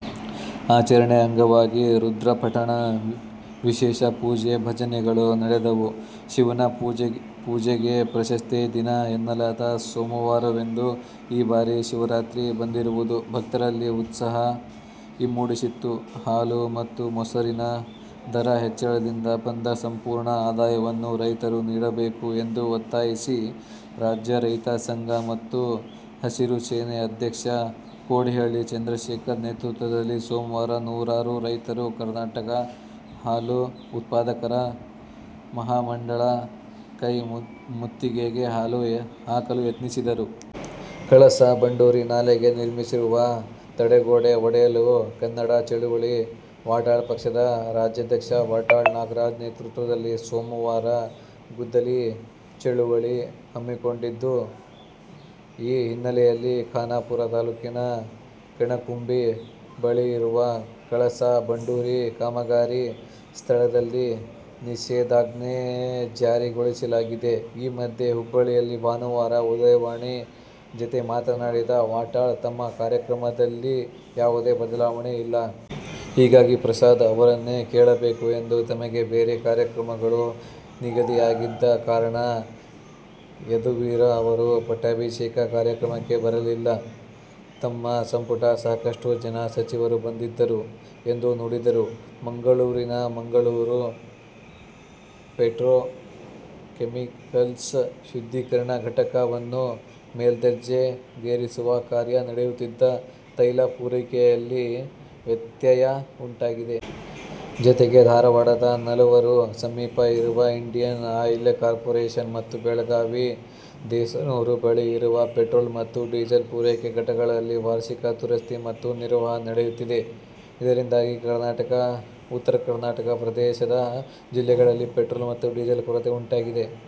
ಆಚರಣೆಯ ಅಂಗವಾಗಿ ರುದ್ರಪಠಣ, ವಿಶೇಷ ಪೂಜೆ, ಭಜನೆಗಳು ನಡೆದವು. ಶಿವನ ಪೂಜೆಗೆ ಪ್ರಶಸ್ತ ದಿನ ಎನ್ನಲಾದ ಸೋಮವಾರದಂದು ಈ ಬಾರಿ ಶಿವರಾತ್ರಿ ಬಂದಿರುವುದು ಭಕ್ತರಲ್ಲಿ ಉತ್ಸಾಹ ಇಮ್ಮಡಿಸಿತ್ತು. ಹಾಲು ಮತ್ತು ಮೊಸರಿನ ದರ ಹೆಚ್ಚಳದಿಂದ ಬಂದ ಸಂಪೂರ್ಣ ಆದಾಯವನ್ನು ರೈತರಿಗೆ ನೀಡಬೇಕು ಎಂದು ಒತ್ತಾಯಿಸಿ ರಾಜ್ಯ ರೈತ ಸಂಘ ಮತ್ತು ಹಸಿರು ಸೇನೆ ಅಧ್ಯಕ್ಷ ಕೋಡಿಹಳ್ಳಿ ಚಂದ್ರಶೇಖರ್ ನೇತೃತ್ವದಲ್ಲಿ ಸೋಮವಾರ ನೂರಾರು ರೈತರು ಕರ್ನಾಟಕ ಹಾಲು ಉತ್ಪಾದಕರ ಮಹಾಮಂಡಳ ಕ್ಕೆ ಮುತ್ತಿಗೆ ಹಾಕಲು ಯತ್ನಿಸಿದರು. ಕಳಸಾ-ಬಂಡೂರಿ ನಾಲೆಗೆ ನಿರ್ಮಿಸಿರುವ ತಡೆಗೋಡೆ ಒಡೆಯಲು ಕನ್ನಡ ಚಳವಳಿ ವಾಟಾಳ್ ಪಕ್ಷದ ರಾಜ್ಯಾಧ್ಯಕ್ಷ ವಾಟಾಳ್ ನಾಗರಾಜ್ ನೇತೃತ್ವದಲ್ಲಿ ಸೋಮವಾರ ಗುದ್ದಲಿ ಚಳವಳಿ ಹಮ್ಮಿಕೊಂಡಿದ್ದು, ಈ ಹಿನ್ನೆಲೆಯಲ್ಲಿ ಖಾನಾಪುರ ತಾಲೂಕಿನ ಕಣಕುಂಬಿ ಬಳಿಯಿರುವ ಕಳಸಾ-ಬಂಡೂರಿ ಕಾಮಗಾರಿ ಸ್ಥಳದಲ್ಲಿ ನಿಷೇಧಾಜ್ಞೆಜಾರಿಗೊಳಿಸಲಾಗಿದೆ. ಈ ಮಧ್ಯೆ, ಹುಬ್ಬಳ್ಳಿಯಲ್ಲಿ ಭಾನುವಾರ "ಉದಯವಾಣಿ' ಜತೆಮಾತನಾಡಿದ ವಾಟಾಳ್, ತಮ್ಮ ಕಾರ್ಯಕ್ರಮದಲ್ಲಿ ಯಾವುದೇ ಬದಲಾವಣೆ ಇಲ್ಲ. ಹೀಗಾಗಿ ಪ್ರಸಾದ್ ಅವರನ್ನೇ ಕೇಳಬೇಕು ಎಂದರು. ತಮಗೆ ಬೇರೆ ಕಾರ್ಯಕ್ರಮಗಳು ನಿಗದಿಯಾಗಿದ್ದ ಕಾರಣ ಯದುವೀರ ಅವರ ಪಟ್ಟಾಭಿಷೇಕ ಕಾರ್ಯಕ್ರಮಕ್ಕೆ ಬರಲಿಲ್ಲ. ತಮ್ಮ ಸಂಪುಟದ ಸಾಕಷ್ಟು ಜನ ಸಚಿವರು ಬಂದಿದ್ದರು ಎಂದು ನುಡಿದರು. ಮಂಗಳೂರಿನ ಮಂಗಳೂರು ಪೆಟ್ರೋಕೆಮಿಕಲ್ಸ್ ಶುದ್ಧೀಕರಣ ಘಟಕ ವನ್ನು ಮೇಲ್ದರ್ಜೆಗೇರಿಸುವ ಕಾರ್ಯ ನಡೆಯುತ್ತಿದ್ದು, ತೈಲ ಪೂರೈಕೆಯಲ್ಲಿ ವ್ಯತ್ಯಯ ಉಂಟಾಗಿದೆ. ಜತೆಗೆ, ಧಾರವಾಡದ ನವಲೂರು ಸಮೀಪ ಇರುವ ಇಂಡಿಯನ್ ಆಯಿಲ್ ಕಾರ್ಪೊರೆಷನ್ ಮತ್ತು ಬೆಳಗಾವಿಯ ದೇಸನೂರು ಬಳಿ ಇರುವ ಪೆಟ್ರೋಲ್ ಮತ್ತು ಡೀಸೆಲ್ ಪೂರೈಕೆ ಘಟಕಗಳಲ್ಲಿ ವಾರ್ಷಿಕ ದುರಸ್ತಿ ಮತ್ತು ನಿರ್ವಹಣೆ ನಡೆಯುತ್ತಿದೆ. ಇದರಿಂದಾಗಿ ಉತ್ತರ ಕರ್ನಾಟಕ ಪ್ರದೇಶದ ಜಿಲ್ಲೆಗಳಲ್ಲಿ ಪೆಟ್ರೋಲ್ ಮತ್ತು ಡೀಸೆಲ್ ಕೊರತೆ ಉಂಟಾಗಿದೆ.